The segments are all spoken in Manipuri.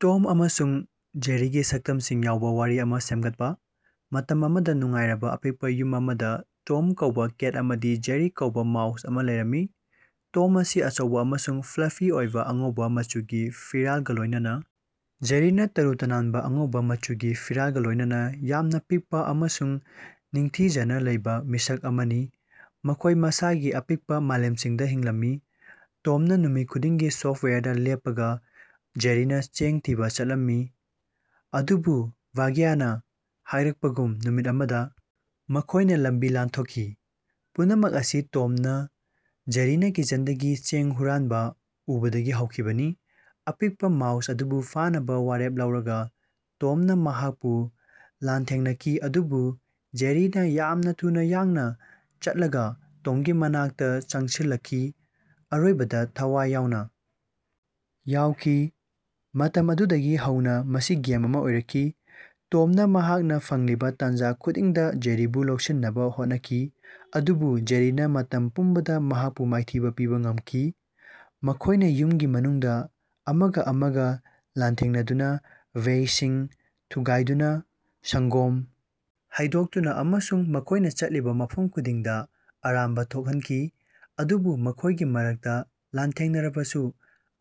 ꯇꯣꯝ ꯑꯃꯁꯨꯡ ꯖꯦꯔꯤꯒꯤ ꯁꯛꯇꯝꯁꯤꯡ ꯌꯥꯎꯕ ꯋꯥꯔꯤ ꯑꯃꯥ ꯁꯦꯝꯒꯠꯄ꯫ ꯃꯇꯝ ꯑꯃꯗꯥ ꯅꯨꯡꯉꯥꯏꯔꯕ ꯑꯄꯤꯛꯄ ꯌꯨꯝ ꯑꯃꯗꯥ ꯇꯣꯝ ꯀꯧꯕꯥ ꯀꯦꯠ ꯑꯃꯗꯤ ꯖꯦꯔꯤ ꯀꯧꯕ ꯃꯥꯎꯁ ꯑꯃꯥ ꯂꯩꯔꯝꯃꯤ꯫ ꯇꯣꯝ ꯑꯁꯤ ꯑꯆꯧꯕ ꯑꯃꯁꯨꯡ ꯐ꯭ꯂꯐꯤ ꯑꯣꯏꯕ ꯑꯉꯧꯕ ꯃꯆꯨꯒꯤ ꯐꯤꯔꯥꯜꯒ ꯂꯣꯏꯅꯅꯥ ꯖꯦꯔꯤꯅꯥ ꯇꯔꯨ ꯇꯥꯟꯅꯕ ꯑꯉꯧꯕ ꯃꯆꯨꯒꯤ ꯐꯤꯔꯥꯜꯒ ꯂꯣꯏꯅꯅꯥ ꯌꯥꯝꯅ ꯄꯤꯛꯄ ꯑꯃꯁꯨꯡ ꯅꯤꯡꯊꯤꯖꯅ ꯂꯩꯕ ꯃꯤꯁꯛ ꯑꯃꯅꯤ꯫ ꯃꯈꯣꯏ ꯃꯁꯥꯒꯤ ꯑꯄꯤꯛꯄꯥ ꯃꯥꯂꯦꯝꯁꯤꯡꯗꯥ ꯍꯤꯡꯂꯝꯃꯤ, ꯇꯣꯝꯅ ꯅꯨꯃꯤꯠ ꯈꯨꯗꯤꯡꯒꯤ ꯁꯣꯐ꯭ꯇꯋꯥꯌꯔꯗꯥ ꯂꯦꯞꯄꯒ ꯖꯦꯔꯤꯅꯥ ꯆꯦꯡ ꯊꯤꯕꯥ ꯆꯠꯂꯝꯃꯤ꯫ ꯑꯗꯨꯕꯨ ꯚꯥꯒ꯭ꯌꯅꯥ ꯍꯥꯏꯔꯛꯄꯒꯨꯝ ꯅꯨꯃꯤꯠ ꯑꯃꯗꯥ ꯃꯈꯣꯏꯅ ꯂꯝꯕꯤ ꯂꯥꯟꯊꯣꯛꯈꯤ꯫ ꯄꯨꯝꯅꯃꯛ ꯑꯁꯤ ꯇꯣꯝꯅ ꯖꯦꯔꯤꯅꯥ ꯀꯤꯆꯟꯗꯒꯤ ꯆꯦꯡ ꯍꯨꯔꯥꯟꯕ ꯎꯕꯗꯒꯤ ꯍꯧꯈꯤꯕꯅꯤ꯫ ꯑꯄꯤꯛꯄ ꯃꯥꯎꯁ ꯑꯗꯨꯕꯨ ꯐꯥꯅꯕꯥ ꯋꯥꯔꯦꯞ ꯂꯧꯔꯒꯥ ꯇꯣꯝꯅ ꯃꯍꯥꯛꯄꯨ ꯂꯥꯟꯊꯦꯡꯅꯈꯤ ꯑꯗꯨꯕꯨ ꯖꯦꯔꯤꯅꯥ ꯌꯥꯝꯅ ꯊꯨꯅ ꯌꯥꯡꯅ ꯆꯠꯂꯒ ꯇꯣꯝꯒꯤ ꯃꯅꯥꯛꯇꯥ ꯆꯪꯁꯤꯜꯂꯛꯈꯤ, ꯑꯔꯣꯏꯕꯗꯥ ꯊꯋꯥꯏ ꯌꯥꯎꯅ ꯌꯥꯎꯈꯤ꯫ ꯃꯇꯝ ꯑꯗꯨꯗꯒꯤ ꯍꯧꯅꯥ ꯃꯁꯤ ꯒꯦꯝ ꯑꯃꯥ ꯑꯣꯏꯔꯛꯈꯤ, ꯇꯣꯝꯅ ꯃꯍꯥꯛꯅꯥ ꯐꯪꯂꯤꯕꯥ ꯇꯥꯟꯖꯥ ꯈꯨꯗꯤꯡꯗ ꯖꯦꯔꯤꯕꯨ ꯂꯧꯁꯤꯟꯅꯕ ꯍꯣꯠꯅꯈꯤ, ꯑꯗꯨꯕꯨ ꯖꯦꯔꯤꯅꯥ ꯃꯇꯝ ꯄꯨꯝꯕꯗꯥ ꯃꯍꯥꯛꯄꯨ ꯃꯥꯏꯊꯤꯕ ꯄꯤꯕ ꯉꯝꯈꯤ꯫ ꯃꯈꯣꯏꯅ ꯌꯨꯝꯒꯤ ꯃꯅꯨꯡꯗ ꯑꯃꯒꯥ ꯑꯃꯒꯥ ꯂꯥꯟꯊꯦꯡꯅꯗꯨꯅꯥ, ꯚꯦꯖꯁꯤꯡ ꯊꯨꯒꯥꯏꯗꯨꯅꯥ, ꯁꯪ꯭ꯒꯣꯝ ꯍꯩꯗꯣꯛꯇꯨꯅꯥ ꯑꯃꯁꯨꯡ ꯃꯈꯣꯏꯅ ꯆꯠꯂꯤꯕ ꯃꯐꯝ ꯈꯨꯗꯤꯡꯗꯥ ꯑꯔꯥꯟꯕ ꯊꯣꯛꯍꯟꯈꯤ꯫ ꯑꯗꯨꯕꯨ ꯃꯈꯣꯏꯒꯤ ꯃꯔꯛꯇꯥ ꯂꯥꯟꯊꯦꯡꯅꯔꯕꯁꯨ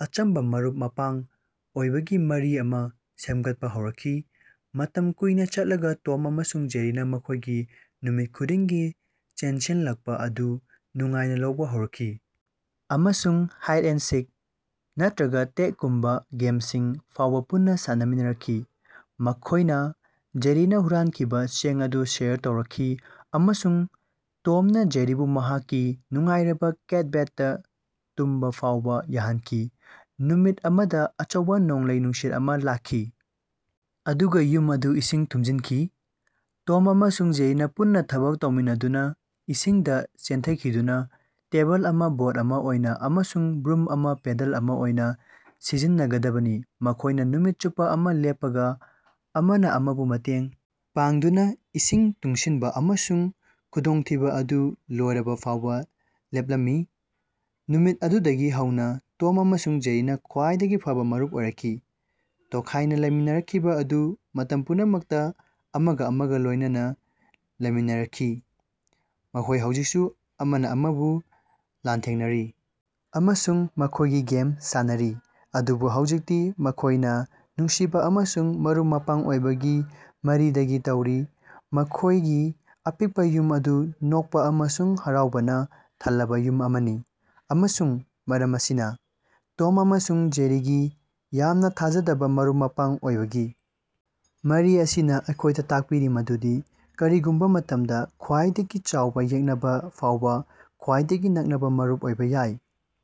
ꯑꯆꯝꯕꯥ ꯃꯔꯨꯞ-ꯃꯄꯥꯡ ꯑꯣꯏꯕꯒꯤ ꯃꯔꯤ ꯑꯃꯥ ꯁꯦꯝꯒꯠꯄ ꯍꯧꯔꯛꯈꯤ꯫ ꯃꯇꯝ ꯀꯨꯏꯅꯥ ꯆꯠꯂꯒꯥ ꯇꯣꯝ ꯑꯃꯁꯨꯡ ꯖꯦꯔꯤꯅꯥ ꯃꯈꯣꯏꯒꯤ ꯅꯨꯃꯤꯠ ꯈꯨꯗꯤꯡꯒꯤ ꯆꯦꯟꯁꯤꯜꯂꯛꯄꯥ ꯑꯗꯨ ꯅꯨꯡꯉꯥꯏꯅꯥ ꯂꯧꯕ ꯍꯧꯔꯛꯈꯤ, ꯑꯃꯁꯨꯡ ꯍꯥꯏꯠ ꯑꯦꯟ ꯁꯤꯛ, ꯅꯠꯇ꯭ꯔꯒ ꯇꯦꯒꯒꯨꯝꯕꯥ ꯒꯦꯃꯁꯤꯡ ꯐꯥꯎꯕ ꯄꯨꯟꯅꯥ ꯁꯥꯟꯅꯃꯤꯟꯅꯔꯛꯈꯤ꯫ ꯃꯈꯣꯏꯅ ꯖꯦꯔꯤꯅꯥ ꯍꯨꯔꯥꯟꯈꯤꯕꯥ ꯆꯦꯡ ꯑꯗꯨ ꯁꯦꯌꯔ ꯇꯧꯔꯛꯈꯤ, ꯑꯃꯁꯨꯡ ꯇꯣꯝꯅ ꯖꯦꯔꯤꯕꯨ ꯃꯍꯥꯛꯀꯤ ꯅꯨꯡꯉꯥꯏꯔꯕꯥ ꯀꯦꯠ ꯕꯦꯗꯇꯥ ꯇꯨꯝꯕ ꯐꯥꯎꯕ ꯌꯥꯍꯟꯈꯤ꯫ ꯅꯨꯃꯤꯠ ꯑꯃꯗꯥ ꯑꯆꯧꯕ ꯅꯣꯡꯂꯩ-ꯅꯨꯡꯁꯤꯠ ꯑꯃꯥ ꯂꯥꯛꯈꯤ, ꯑꯗꯨꯒꯥ ꯌꯨꯝ ꯑꯗꯨ ꯏꯁꯤꯡ ꯊꯨꯝꯖꯤꯟꯈꯤ꯫ ꯇꯣꯝ ꯑꯃꯁꯨꯡ ꯖꯦꯔꯤꯅꯥ ꯄꯨꯟꯅꯥ ꯊꯕꯛ ꯇꯧꯃꯤꯟꯅꯗꯨꯅꯥ ꯏꯁꯤꯡꯗꯥ ꯆꯦꯟꯊꯈꯤꯗꯨꯅꯥ ꯇꯦꯕꯜ ꯑꯃꯥ ꯕꯣꯠ ꯑꯃꯥ ꯑꯣꯏꯅ ꯑꯃꯁꯨꯡ ꯕ꯭ꯔꯨꯝ ꯑꯃꯥ ꯄꯦꯗꯜ ꯑꯃꯥ ꯑꯣꯏꯅ ꯁꯤꯖꯤꯟꯅꯒꯗꯕꯅꯤ꯫ ꯃꯈꯣꯏꯅ ꯅꯨꯃꯤꯠ ꯆꯨꯞꯄꯥ ꯑꯃꯥ ꯂꯦꯞꯄꯒꯥ ꯑꯃꯅꯥ ꯑꯃꯕꯨ ꯃꯇꯦꯡ ꯄꯥꯡꯗꯨꯅꯥ ꯏꯁꯤꯡ ꯇꯨꯡꯁꯤꯟꯕ ꯑꯃꯁꯨꯡ ꯈꯨꯗꯣꯡꯊꯤꯕꯥ ꯑꯗꯨ ꯂꯣꯏꯔꯕꯥ ꯐꯥꯎꯕ ꯂꯦꯞꯂꯝꯃꯤ꯫ ꯅꯨꯃꯤꯠ ꯑꯗꯨꯗꯒꯤ ꯍꯧꯅꯥ ꯇꯣꯝ ꯑꯃꯁꯨꯡ ꯖꯦꯔꯤꯅꯥ ꯈ꯭ꯋꯥꯏꯗꯒꯤ ꯐꯕꯥ ꯃꯔꯨꯞ ꯑꯣꯏꯔꯛꯈꯤ, ꯇꯣꯈꯥꯏꯅꯥ ꯂꯩꯃꯤꯟꯅꯔꯛꯈꯤꯕ ꯑꯗꯨ ꯃꯇꯝ ꯄꯨꯝꯅꯃꯛꯇꯥ ꯑꯃꯒꯥ ꯑꯃꯒꯥ ꯂꯣꯏꯅꯅꯥ ꯂꯩꯃꯤꯟꯅꯔꯛꯈꯤ꯫ ꯃꯈꯣꯏ ꯍꯧꯖꯤꯛꯁꯨ ꯑꯃꯅꯥ ꯑꯃꯕꯨ ꯂꯥꯟꯊꯦꯡꯅꯔꯤ ꯑꯃꯁꯨꯡ ꯃꯈꯣꯏꯒꯤ ꯒꯦꯝ ꯁꯥꯟꯅꯔꯤ, ꯑꯗꯨꯕꯨ ꯍꯧꯖꯤꯛꯇꯤ ꯃꯈꯣꯏꯅꯥ ꯅꯨꯡꯁꯤꯕꯥ ꯑꯃꯁꯨꯡ ꯃꯔꯨꯞ-ꯃꯄꯥꯡ ꯑꯣꯏꯕꯒꯤ ꯃꯔꯤꯗꯒꯤ ꯇꯧꯔꯤ, ꯃꯈꯣꯢꯒꯤ ꯑꯄꯤꯛꯄꯥ ꯌꯨꯝ ꯑꯗꯨ ꯅꯣꯛꯄꯥ ꯑꯃꯁꯨꯡ ꯍꯔꯥꯎꯕꯅ ꯊꯜꯂꯕ ꯌꯨꯝ ꯑꯃꯅꯤ꯫ ꯑꯃꯁꯨꯡ ꯃꯔꯝ ꯑꯁꯤꯅ, ꯇꯣꯝ ꯑꯃꯁꯨꯡ ꯖꯦꯔꯤꯒꯤ ꯌꯥꯝꯅ ꯊꯥꯖꯗꯕꯥ ꯃꯔꯨꯞ-ꯃꯄꯥꯡ ꯑꯣꯏꯕꯒꯤ ꯃꯔꯤ ꯑꯁꯤꯅ ꯑꯩꯈꯣꯏꯗ ꯇꯥꯛꯄꯤꯔꯤ ꯃꯗꯨꯗꯤ ꯀꯔꯤꯒꯨꯝꯕ ꯃꯇꯝꯗꯥ, ꯈ꯭ꯋꯥꯏꯗꯒꯤ ꯆꯥꯎꯕ ꯌꯦꯛꯅꯕ ꯐꯥꯎꯕ, ꯈ꯭ꯋꯥꯏꯗꯒꯤ ꯅꯛꯅꯕꯥ ꯃꯔꯨꯞ ꯑꯣꯏꯕ ꯌꯥꯏ꯫